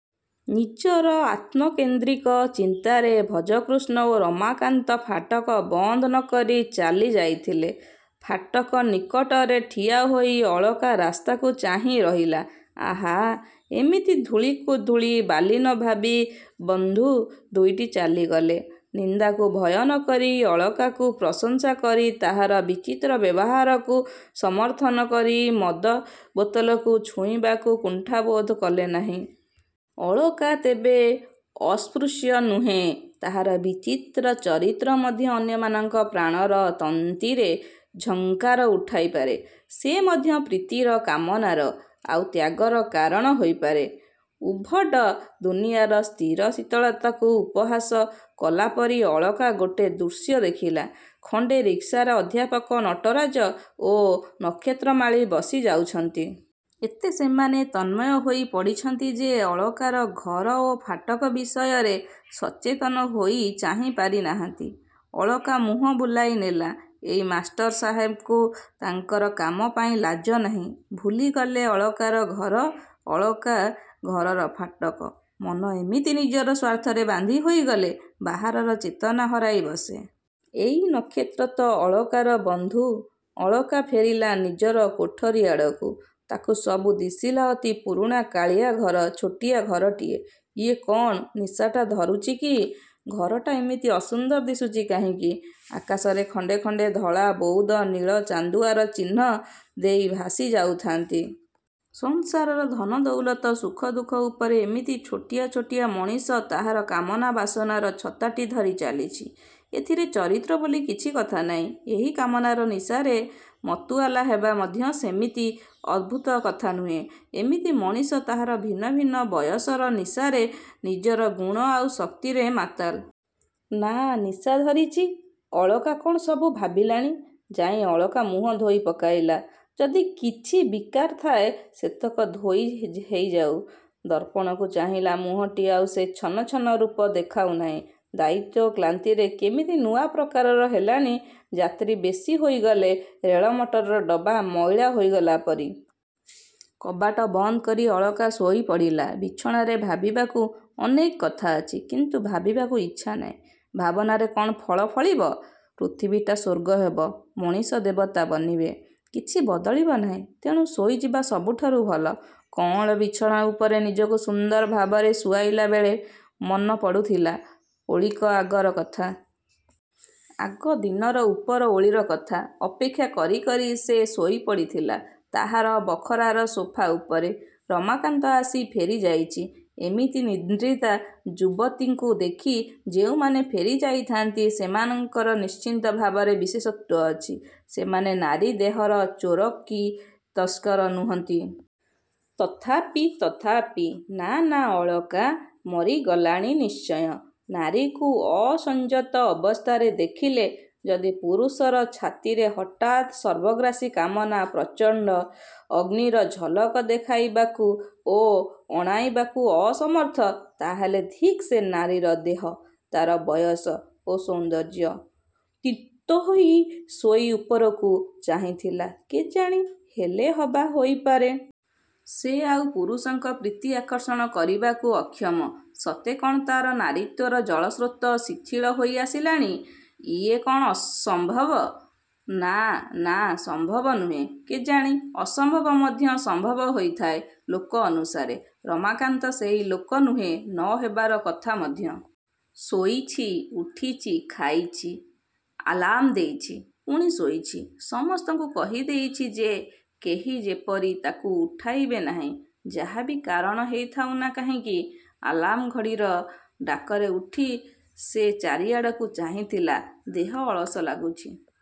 ନିଜର ଆତ୍ମକେନ୍ଦ୍ରିକ ଚିନ୍ତାରେ ଭଜକୃଷ୍ଣ ଓ ରମାକାନ୍ତ ଫାଟକ ବନ୍ଦ ନକରି ଚାଲି ଯାଇଥିଲେ। ଫାଟକ ନିକଟରେ ଠିଆ ହୋଇ ଅଳକା ରାସ୍ତାକୁ ଚାହିଁ ରହିଲା-ଆହା, ଏମିତି ଧୂଳିକୁ ଧୂଳି ବାଲି ନ ଭାବି ବଂଧୁ ଦୁଇଟି ଚାଲିଗଲେ। ନିନ୍ଦାକୁ ଭୟ ନକରି ଅଳକାକୁ ପ୍ରଶଂସା କରି ତାହାର ବିଚିତ୍ର ବ୍ୟବହାରକୁ ସମର୍ଥନ କରି ମଦ ବୋତଲକୁ ଛୁଇଁବାକୁ କୁଣ୍ଠାବୋଧ କଲେ ନାହିଁ। ଅଳକା ତେବେ ଅସ୍ପୃଶ୍ୟ ନୁହେଁ-ତାହାର ବିଚିତ୍ର ଚରିତ୍ର ମଧ୍ୟ ଅନ୍ୟମାନଙ୍କ ପ୍ରାଣର ତନ୍ତ୍ରୀରେ ଝଙ୍କାର ଉଠାଇ ପାରେ। ସେ ମଧ୍ୟ ପ୍ରୀତିର, କାମନାର, ଆଉ ତ୍ୟାଗର କାରଣ ହେଇପାରେ। ଉଦ୍ଭଟ ଦୁନିଆର ସ୍ଥିର ଶୀତଳତାକୁ ଉପହାସ କଲା ପରି ଅଳକା ଗୋଟିଏ ଦୃଶ୍ୟ ଦେଖିଲା-ଖଣ୍ଡେ ରିକ୍ସାରେ ଅଧ୍ୟାପକ ନଟରାଜ ଓ ନକ୍ଷତ୍ରମାଳୀ ବସି ଯାଉଛନ୍ତି। ଏତେ ସେମାନେ ତନ୍ମୟ ହୋଇ ପଡ଼ିଛନ୍ତି ଯେ ଅଳକାର ଘର ଓ ଫାଟକ ବିଷୟରେ ସଚେତନ ହୋଇ ଚାହିଁ ପାରି ନାହାନ୍ତି। ଅଳକା ମୁହଁ ବୁଲାଇ ନେଲା-ଏଇ ମାଷ୍ଟର ସାହେବଙ୍କୁ ତାଙ୍କର କାମ ପାଇଁ ଲାଜ ନାହିଁ। ଭୁଲିଗଲେ ଅଳକାର ଘର-ଅଳକା ଘରର ଫାଟକ। ମନ ଏମିତି ନିଜର ସ୍ୱାର୍ଥରେ ବାନ୍ଧି ହୋଇଗଲେ ବାହାରର ଚେତନା ହରାଇ ବସେ। -ଏଇ ନକ୍ଷତ୍ର ତ ଅଳକାର ବନ୍ଧୁ। ଅଳକା ଫେରିଲା ନିଜର କୋଠରୀ ଆଡ଼କୁ। ତାକୁ ସବୁ ଦିଶିଲା ଅତି ପୁରୁଣା କାଳିଆ ଘର-ଛୋଟିଆ ଘରଟିଏ। ଇଏ କ'ଣ? ନିଶାଟା ଧରୁଛି କି? ଘରଟା ଏମିତି ଅସୁନ୍ଦର ଦିଶୁଛି କାହିଁକି? ଆକାଶରେ ଖଣ୍ଡେ ଖଣ୍ଡେ ଧଳା ବଉଦ ନୀଳ ଚାନ୍ଦୁଆର ଚିହ୍ନ ଦେଇ ଭାସି ଯାଉଥାନ୍ତି। ସଂସାରର ଧନ ଦଉଲତ ସୁଖ ଦୁଃଖ ଉପରେ ଏମିତି ଛୋଟିଆ ଛୋଟିଆ ମଣିଷ ତାହାର କାମନା ବାସନାର ଛତାଟି ଧରି ଚାଲିଛି। ଏଥିରେ ଚରିତ୍ର ବୋଲି କିଛି କଥା ନାହିଁ। ଏହି କାମନାର ନିଶାରେ ମତୁଆଲା ହେବା ମଧ୍ୟ ସେମିତି ଅଦ୍ଭୁତ କଥା ନୁହେଁ। ଏମିତି ମଣିଷ ତାହାର ଭିନ୍ନ ଭିନ୍ନ ବୟସର ନିଶାରେ ନିଜର ଗୁଣ ଆଉ ଶକ୍ତିରେ ମାତାଲ। -ନା, ନିଶା ଧରିଛି। ଅଳକା କ'ଣ ସବୁ ଭାବିଲାଣି? ଯାଇ ଅଳକା ମୁହଁ ଧୋଇ ପକାଇଲା-ଯଦି କିଛି ବିକାର ଥାଏ ସେତକ ଧୋଇ ହେଇ ଯାଉ। ଦର୍ପଣକୁ ଚାହିଁଲା-ମୁହଁଟି ଆଉ ସେ ଛନ ଛନ ରୂପ ଦେଖାଉ ନାହିଁ। ଦାୟିତ୍ୱ ଓ କ୍ଳାନ୍ତିରେ କେମିତି ନୂଆ ପ୍ରକାରର ହେଲାଣି-ଯାତ୍ରୀ ବେଶି ହେଇଗଲେ ରେଳ ମଟରର ଡବା ମଇଳା ହେଇଗଲା ପରି। କବାଟ ବନ୍ଦ କରି ଅଳକା ଶୋଇପଡ଼ିଲା ବିଛଣାରେ-ଭାବିବାକୁ ଅନେକ କଥା ଅଛି। କିନ୍ତୁ ଭାବିବାକୁ ଇଚ୍ଛା ନାହିଁ। ଭାବନାରେ କ'ଣ ଫଳ ଫଳିବ? ପୃଥିବୀଟା ସ୍ୱର୍ଗ ହେବ? ମଣିଷ ଦେବତା ବନିବେ? କିଛି ବଦଳିବ ନାହିଁ। ତେଣୁ ଶୋଇଯିବା ସବୁଠାରୁ ଭଲ। କଅଁଳ ବିଛଣା ଉପରେ ନିଜକୁ ସୁନ୍ଦର ଭାବରେ ଶୁଆଇଲା ବେଳେ ମନ ପଡ଼ୁଥିଲା-ଓଳିକ ଆଗର କଥା। ଆଗଦିନର ଉପର ଓଳିର କଥା। ଅପେକ୍ଷା କରି କରି ସେ ଶୋଇପଡ଼ି ଥିଲା ତାହାର ବଖରାର ସୋଫା ଉପରେ। ରମାକାନ୍ତ ଆସି ଫେରିଯାଇଛି। ଏମିତି ନିଦ୍ରିତା ଯୁବତୀଙ୍କୁ ଦେଖି ଯେଉଁମାନେ ଫେରି ଯାଇଥାନ୍ତି ସେମାନଙ୍କର ନିଶ୍ଚିତ ଭାବରେ ବିଶେଷତ୍ୱ ଅଛି। ସେମାନେ ନାରୀ ଦେହର ଚୋର କି ତସ୍କର ନୁହନ୍ତି। ତଥାପି ତଥାପି ନା-ନା-ଅଳକା ମରିଗଲାଣି ନିଶ୍ଚୟ। ନାରୀକୁ ଅସଂଯତ ଅବସ୍ଥାରେ ଦେଖିଲେ ଯଦି ପୁରୁଷର ଛାତିରେ ହଠାତ୍ ସର୍ବଗ୍ରାସୀ କାମନା ପ୍ରଚଣ୍ଡ ଅଗ୍ନିର ଝଲକ ଦେଖାଇବାକୁ ଓ ଅଣାଇବାକୁ ଅସମର୍ଥ, ତାହାହେଲେ ଧିକ ସେ ନାରୀର ଦେହ-ତାହାର ବୟସ ଓ ସୌନ୍ଦର୍ଯ୍ୟ। ଚିତ୍ହୋଇ ଶୋଇ ଉପରକୁ ଚାହିଁଥିଲା-କେଜାଣି ହେଲେ ହବା ହେଇପାରେ। ସେ ଆଉ ପୁରୁଷଙ୍କର ପ୍ରୀତି ଆକର୍ଷଣ କରିବାକୁ ଅକ୍ଷମ। ସତେ କ'ଣ ତା'ର ନାରୀତ୍ୱର ଜଳସ୍ରୋତ ଶିଥିଳ ହୋଇ ଆସିଲାଣି? ଇଏ କ'ଣ ସମ୍ଭବ? ନା, ନା ସମ୍ଭବ ନୁହେ। -କେଜାଣି ଅସମ୍ଭବ ମଧ୍ୟ ସମ୍ଭବ ହେଇଥାଏ-ଲୋକ ଅନୁସାରେ। ରମାକାନ୍ତ ସେହି ଲୋକ ନୁହେଁ। ନ ହେବାର କଥା ମଧ୍ୟ। ଶୋଇଛି। ଉଠିଛି। ଖାଇଛି। ଆଲାର୍ମ ଦେଇଛି-ପୁଣି ଶୋଇଛି। ସମସ୍ତଙ୍କୁ କହି ଦେଇଛି ଯେ କେହି ଯେପରି ତା'କୁ ଉଠାଇବେ ନାହିଁ। ଯାହା ବି କାରଣ ହେଇଥାଉ ନା କାହିଁକି? ଆଲାର୍ମ ଘଡ଼ିର ଡାକରେ ଉଠି ସେ ଚାରିଆଡ଼କୁ ଚାହିଁଥିଲା-ଦେହ ଅଳସ ଲାଗୁଛି।